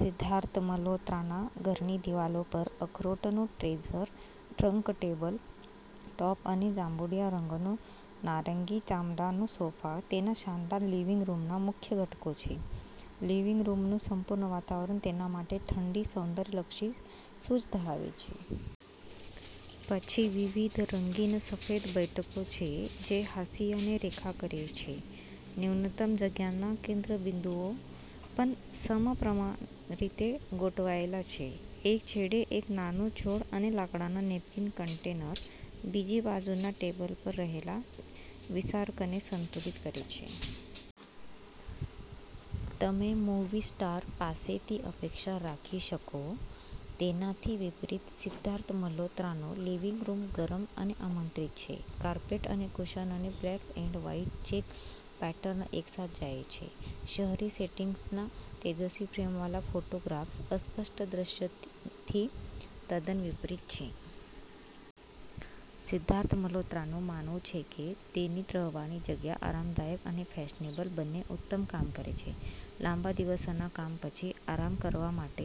સિદ્ધાર્થ મલ્હોત્રાના ઘરની દિવાલો પર અખરોટનું ટ્રેઝર, ટ્રંક ટેબલ ટોપ અને જાંબુડિયા રંગનો નારંગી ચામડાનો સોફા તેના શાનદાર લિવિંગ રૂમના મુખ્ય ઘટકો છે. લિવિંગ રૂમનું સમતુ વાતાવરણ તેના માટે ઠંડી સૌંદર્યલક્ષી સૂઝ ધરાવે છે. પછી વિવિધ રંગીન સફેદ બેઠકો છે જે હાંસિયાને રેખા કરે છે. ન્યૂનતમ જગ્યાના કેન્દ્રબિંદુઓ પણ સમપ્રમાણરીતે ગોઠવાયેલા છે. એક છેડે એક નાનો છોડ અને લાકડાના નેપકિન કન્ટેનર, બીજી બાજુના ટેબલ પર રહેલા વિસારકને સંતુલિત કરે છે. તમે મૂવી સ્ટાર પાસેથી અપેક્ષા રાખી શકો તેનાથી વિપરીત, સિદ્ધાર્થ મલ્હોત્રાનો લિવિંગ રૂમ ગરમ અને આમંત્રિત છે. કાર્પેટ અને કુશનની black and white check pattern એકસાથે જાય છે. શહેરી સેટિંગ્સના તેજસ્વી ફ્રેમ વાળા ફોટોગ્રાફ્સ અસ્પષ્ટ દ્રશ્યથી તદ્દન વિપરીત છે. સિદ્ધાર્થ મલ્હોત્રાનું માનવું છે કે તેની રહેવાની જગ્યા આરામદાયક અને ફેશનેબલ બંને ઉત્તમ કામ કરે છે. લાંબા દિવસના કામ પછી આરામ કરવા માટે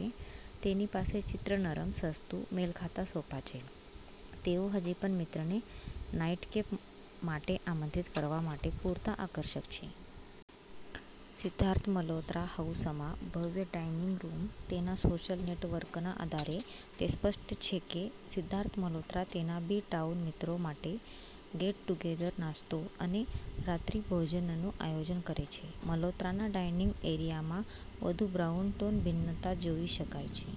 તેની પાસે ચિત્ર-નરમ, સસ્તું, મેળખાતા સોફા છે. તેઓ હજી પણ મિત્રને નાઈટકેપ માટે આમંત્રિત કરવા માટે પૂરતા આકર્ષક છે. સિદ્ધાર્થ મલ્હોત્રા હાઉસમાં ભવ્ય ડાઇનિંગ રૂમ, તેના સોશિયલ નેટવર્કના આધારે, તે સ્પષ્ટ છે કે સિદ્ધાર્થ મલ્હોત્રા તેના બી-ટાઉન મિત્રો માટે ગેટ-ટુગેધર, નાસ્તો અને રાત્રિભોજનનું આયોજન કરે છે. મલ્હોત્રાના ડાઇનિંગ એરિયામાં વધુ બ્રાઉન-ટોન ભિન્નતા જોઈ શકાય છે.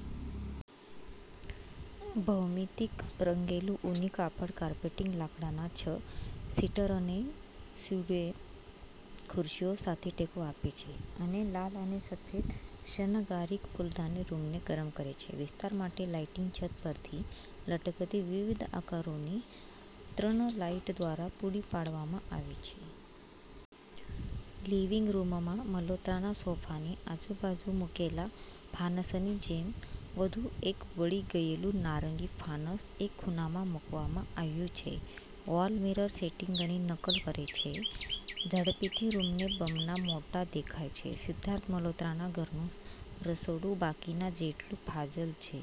ભૌમિતિક રંગેલું ઊની કાપડ કાર્પેટીંગ લાકડાના છ-સીટર અને સુડે ખુરશીઓ સાથે ટેકો આપે છે, અને લાલ અને સફેદ સુશોભન ફૂલદાની રૂમને ગરમ કરે છે. વિસ્તાર માટે લાઇટિંગ છત પરથી લટકતી વિવિધ આકારોની ત્રણ લાઇટ દ્વારા પૂરી પાડવામાં આવે છે. લિવિંગ રૂમમાં મલ્હોત્રાના સોફાની આજુબાજુ મૂકેલા ફાનસની જેમ વધુ એક બળી ગયેલું નારંગી ફાનસ એક ખૂણામાં મૂકવામાં આવ્યું છે. વોલ મિરર સેટિંગની નકલ કરે છે. ઝડપથી રૂમને બમણા મોટા દેખાય છે. સિદ્ધાર્થ મલ્હોત્રાના ઘરનું રસોડું બાકીના જેટલું ફાજલ છે.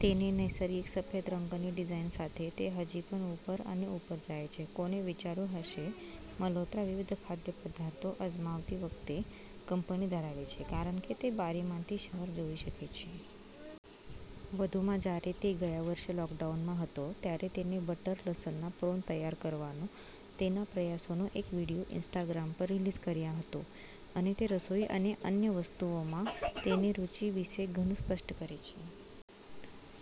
તેની નૈસર્ગિક, સફેદ રંગની ડિઝાઇન સાથે, તે હજી પણ ઉપર અને ઉપર જાય છે. કોણે વિચાર્યું હશે? મલ્હોત્રા વિવિધ ખાદ્યપદાર્થો અજમાવતી વખતે કંપની ધરાવે છે કારણ કે તે બારીમાંથી શહેર જોઈ શકે છે. વધુમાં, જ્યારે તે ગયા વર્ષે લોકડાઉનમાં હતો, ત્યારે તેણે બટર લસણના પ્રોન તૈયાર કરવાના તેના પ્રયાસોનો એક વીડિયો ઇન્સ્ટાગ્રામ પર રિલીઝ કર્યો હતો. અને તે રસોઈ અને અન્ય વસ્તુઓમાં તેમની રુચિ વિશે ઘણું સ્પષ્ટ કરે છે.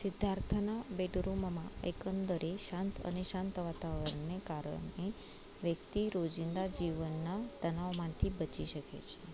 સિધ્ધાર્થના બેડરૂમમાં એકંદરે શાંત અને શાંત વાતાવરણને કારણે વ્યક્તિ રોજિંદા જીવનના તણાવમાંથી બચી શકે છે.